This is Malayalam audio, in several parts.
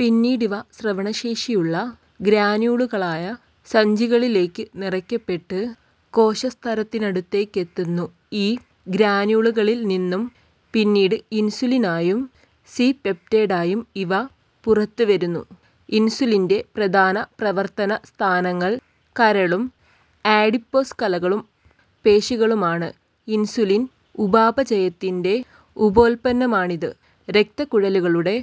പിന്നീട് ഇവ സ്രവണശേഷിയുള്ള ഗ്രാന്യൂളുകളായ സഞ്ചികളിലേയ്ക്ക് നിറയ്ക്കപ്പെട്ട് കോശസ്തരത്തിനടുത്തേയ്ക്കെത്തുന്നു. ഈ ഗ്രാന്യൂളുകളിൽ നിന്നും പിന്നീട് ഇൻസുലിനായും സി-പെപ്റ്റൈഡായും ഇവ പുറത്തുവരുന്നു. ഇൻസുലിന്റെ പ്രധാന പ്രവർത്തന സ്ഥാനങ്ങൾ കരളും ആഡിപ്പോസ് കലകളും പേശികളുമാണ്. ഇൻസുലിൻ ഉപാപചയത്തിന്റെ ഉപോൽപ്പന്നമാണിത്. രക്തക്കുഴലുകളുടെ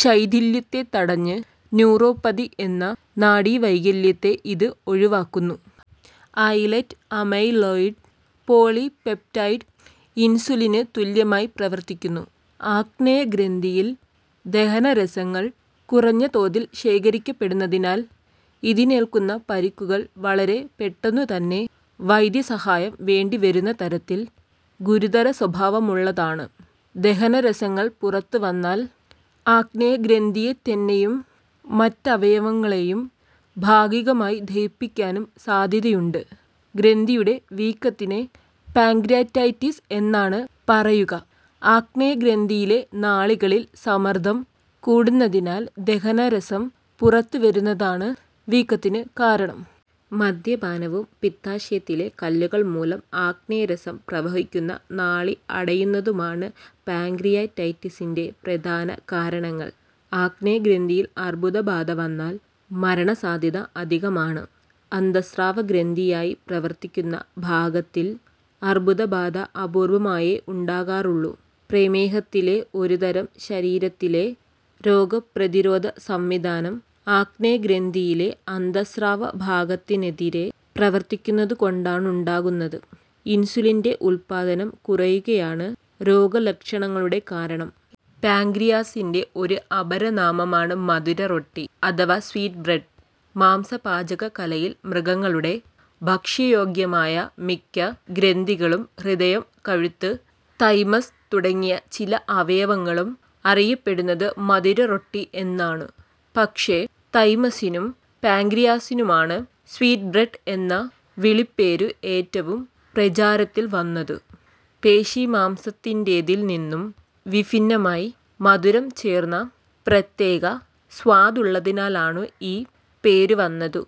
ശൈഥില്യത്തെ തടഞ്ഞ് ന്യൂറോപ്പതി എന്ന നാഡീവൈകല്യത്തെ ഇത് ഒഴിവാക്കുന്നു. ഐലറ്റ് അമൈലോയിഡ് പോളിപെപ്റ്റൈഡ് ഇൻസുലിന് തുല്യമായി പ്രവർത്തിക്കുന്നു. ആഗ്നേയഗ്രന്ഥിയിൽ ദഹനരസങ്ങൾ കുറഞ്ഞ തോതിൽ ശേഘരിക്കപ്പെടുന്നതിനാൽ ഇതിനേൽക്കുന്ന പരിക്കുകൾ വളരെ പെട്ടെന്നുതന്നെ വൈദ്യസഹായം വേണ്ടിവരുന്നതരത്തിൽ ഗുരുതരസ്വഭാവമുള്ളതാണ്. ദഹനരസങ്ങൾ പുറത്തുവന്നാൽ ആഗ്നേയഗ്രന്ഥിയെത്തെന്നെയും മറ്റവയവങ്ങളെയും ഭാഗികമായി ദഹിപ്പിക്കാനും സാദ്ധ്യതയുണ്ട്. ഗ്രന്ഥിയുടെ വീക്കത്തിനെ പാൻക്രിയാറ്റൈറ്റിസ് എന്നാണ് പറയുക. ആഗ്നേയഗ്രന്ഥിയിലെ നാളികളിൽ സമ്മർദ്ദം കൂടുന്നതിനാൽ ദഹനരസം പുറത്തു വരുന്നതാണ് വീക്കത്തിന് കാരണം. മദ്യപാനവും പിത്താശയത്തിലെ കല്ലുകൾ മൂലം ആഗ്നേയരസം പ്രവഹിക്കുന്ന നാളി അടയുന്നതുമാണ് പാൻക്രിയാറ്റൈറ്റിസിന്റെ പ്രധാന കാരണങ്ങൾ. ആഗ്നേയഗ്രന്ഥിയിൽ അർബുദബാധ വന്നാൽ മരണസാദ്ധ്യത അധികമാണ്. അന്തഃസ്രാവഗ്രന്ഥിയായി പ്രവർത്തിക്കുന്ന ഭാഗത്തിൽ അർബുദബാധ അപൂർവമായേ ഉണ്ടാകാറുള്ളൂ. പ്രമേഹത്തിലെ ഒരുതരം ശരീരത്തിലെ രോഗപ്രതിരോധസംവിധാനം ആഗ്നേയഗ്രന്ഥിയിലെ അന്തഃസ്രാവഭാഗത്തിനെതിരേ പ്രവർത്തിക്കുന്നതുകൊണ്ടാണുണ്ടാകുന്നത്. ഇൻസുലിന്റെ ഉത്പാദനം കുറയുകയാണ് രോഗലക്ഷണങ്ങളുടെ കാരണം. പാൻക്രിയാസിന്റെ ഒരു അപരനാമമാണു് മധുര റൊട്ടി അഥവാ സ്വീറ്റ് ബ്രെഡ്. മാംസപാചകകലയിൽ മൃഗങ്ങളുടെ ഭക്ഷ്യയോഗ്യമായ മിക്ക ഗ്രന്ഥികളും ഹൃദയം, കഴുത്ത്, തൈമസ് തുടങ്ങിയ ചില അവയവങ്ങളും അറിയപ്പെടുന്നതു് മധുരറൊട്ടി എന്നാണു്. പക്ഷേ, തൈമസ്സിനും പാൻക്രിയാസിനുമാണു് സ്വീറ്റ് ബ്രെഡ് എന്ന വിളിപ്പേരു് ഏറ്റവും പ്രചാരത്തിൽ വന്നതു്. പേശീമാംസത്തിന്റേതിൽ നിന്നും വിഭിന്നമായി, മധുരം ചേർന്ന പ്രത്യേക സ്വാദുള്ളതിനാലാണു് ഈ പേരു വന്നതു്.